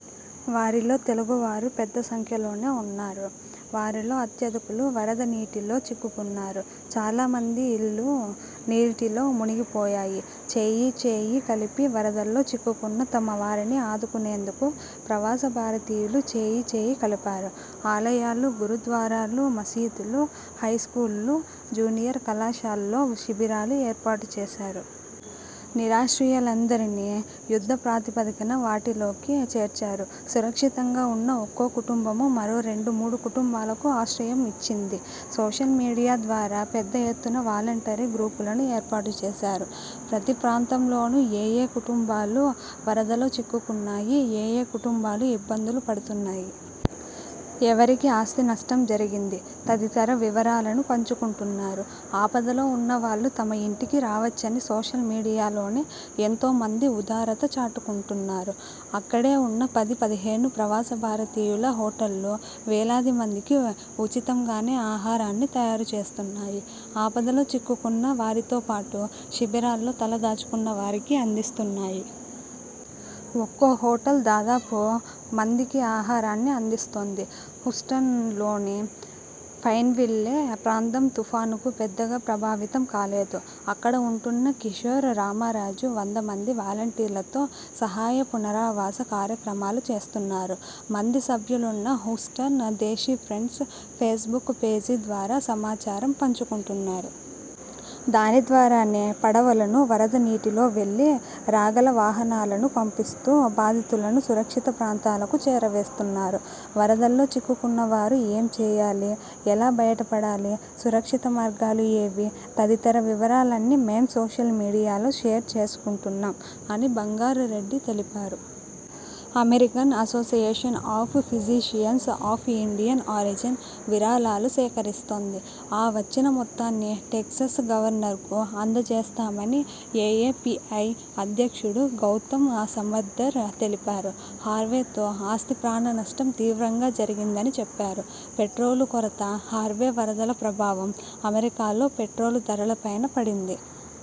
వారిలో తెలుగు వారూ పెద్ద సంఖ్యలోనే ఉన్నారు. వారిలో అత్యధికులు వరద నీటిలో చిక్కుకున్నారు. చాలా మంది ఇళ్లు నీటిలో మునిగి పోయాయి. చేయీ చేయీ కలిపి వరదల్లో చిక్కుకున్న తమ వారిని ఆదుకునేందుకు ప్రవాస భారతీయులు చేయి చేయి కలిపారు. ఆలయాలు, గురు ద్వారాలు, మసీదులు, హైస్కూళ్లు, జూనియర్ కళాశాల్లో శిబిరాలు ఏర్పాటు చేశారు. నిరాశ్రయులందరినీ యుద్ధ ప్రాతిపదికన వాటిలోకి చేర్చారు. సురక్షితంగా ఉన్న ఒక్కో కుటుంబమూ మరో రెండు ,మూడు కుటుంబాలకు ఆశ్రయం ఇచ్చింది. సోషల్ మీడియా ద్వారా పెద్ద ఎత్తున వాలంటరీ గ్రూపులను ఏర్పాటు చేశారు. ప్రతి ప్రాంతంలోనూ ఏయే కుటుంబాలు వరదలో చిక్కుకున్నాయి? ఏయే కుటుంబాలు ఇబ్బందులు పడుతున్నాయి? ఎవరికి ఆస్తి నష్టం జరిగింది? తదితర వివరాలను పంచుకుంటున్నారు. ఆపదలో ఉన్నవాళ్లు తమ ఇంటికి రావచ్చని సోషల్ మీడియాలోనే ఎంతోమంది ఉదారత చాటుకుంటున్నారు. అక్కడే ఉన్న పది పదిహేను ప్రవాస భారతీయుల హోటళ్లు వేలాది మందికి ఉచితం గానే ఆహారాన్ని తయారు చేస్తున్నాయి. ఆపదలో చిక్కుకున్న వారితోపాటు శిబిరాల్లో తల దాచుకున్న వారికి అందిస్తున్నాయి. ఒక్కో హోటల్ దాదాపు మందికి ఆహారాన్ని అందిస్తోంది. హూస్టన్లోని పైన్విల్లే ప్రాంతం తుపానుకు పెద్దగా ప్రభావితం కాలేదు. అక్కడ ఉంటున్న కిశోర్ రామరాజు వంద మంది వాలంటీర్లతో సహాయ పునరావాస కార్యక్రమాలు చేస్తున్నారు. మంది సభ్యులున్న Houston Desi Friends Facebook పేజీ ద్వారా సమాచారం పంచుకుంటున్నారు. దాని ద్వారానే పడవలను, వరద నీటిలో వెళ్లి రాగల వాహనాలను పంపిస్తూ బాధితులను సురక్షిత ప్రాంతాలకు చేరవేస్తున్నారు. వరదల్లో చిక్కుకున్న వారు ఏం చేయాలి? ఎలా బయటపడాలి? సురక్షిత మార్గాలు ఏవి? తదితర వివరాలన్నీ మేం సోషల్ మీడియాలో షేర్ చేసుకుంటున్నాం అని బంగార్ రెడ్డి తెలిపారు. American Association of Physicians of Indian Origin విరాళాలు సేకరిస్తోంది. ఆ వచ్చిన మొత్తాన్ని టెక్సస్ గవర్నర్కు అంద జేస్తామని ఏఏపీఐ అధ్యక్షుడు గౌతమ్ సమద్దర్ తెలిపారు. హార్వేతో ఆస్తి, ప్రాణ నష్టం తీవ్రంగా జరిగిందని చెప్పారు. పెట్రోలు కొరత! హార్వే వరదల ప్రభావం అమెరికాలో పెట్రోలు ధరల పైనా పడింది.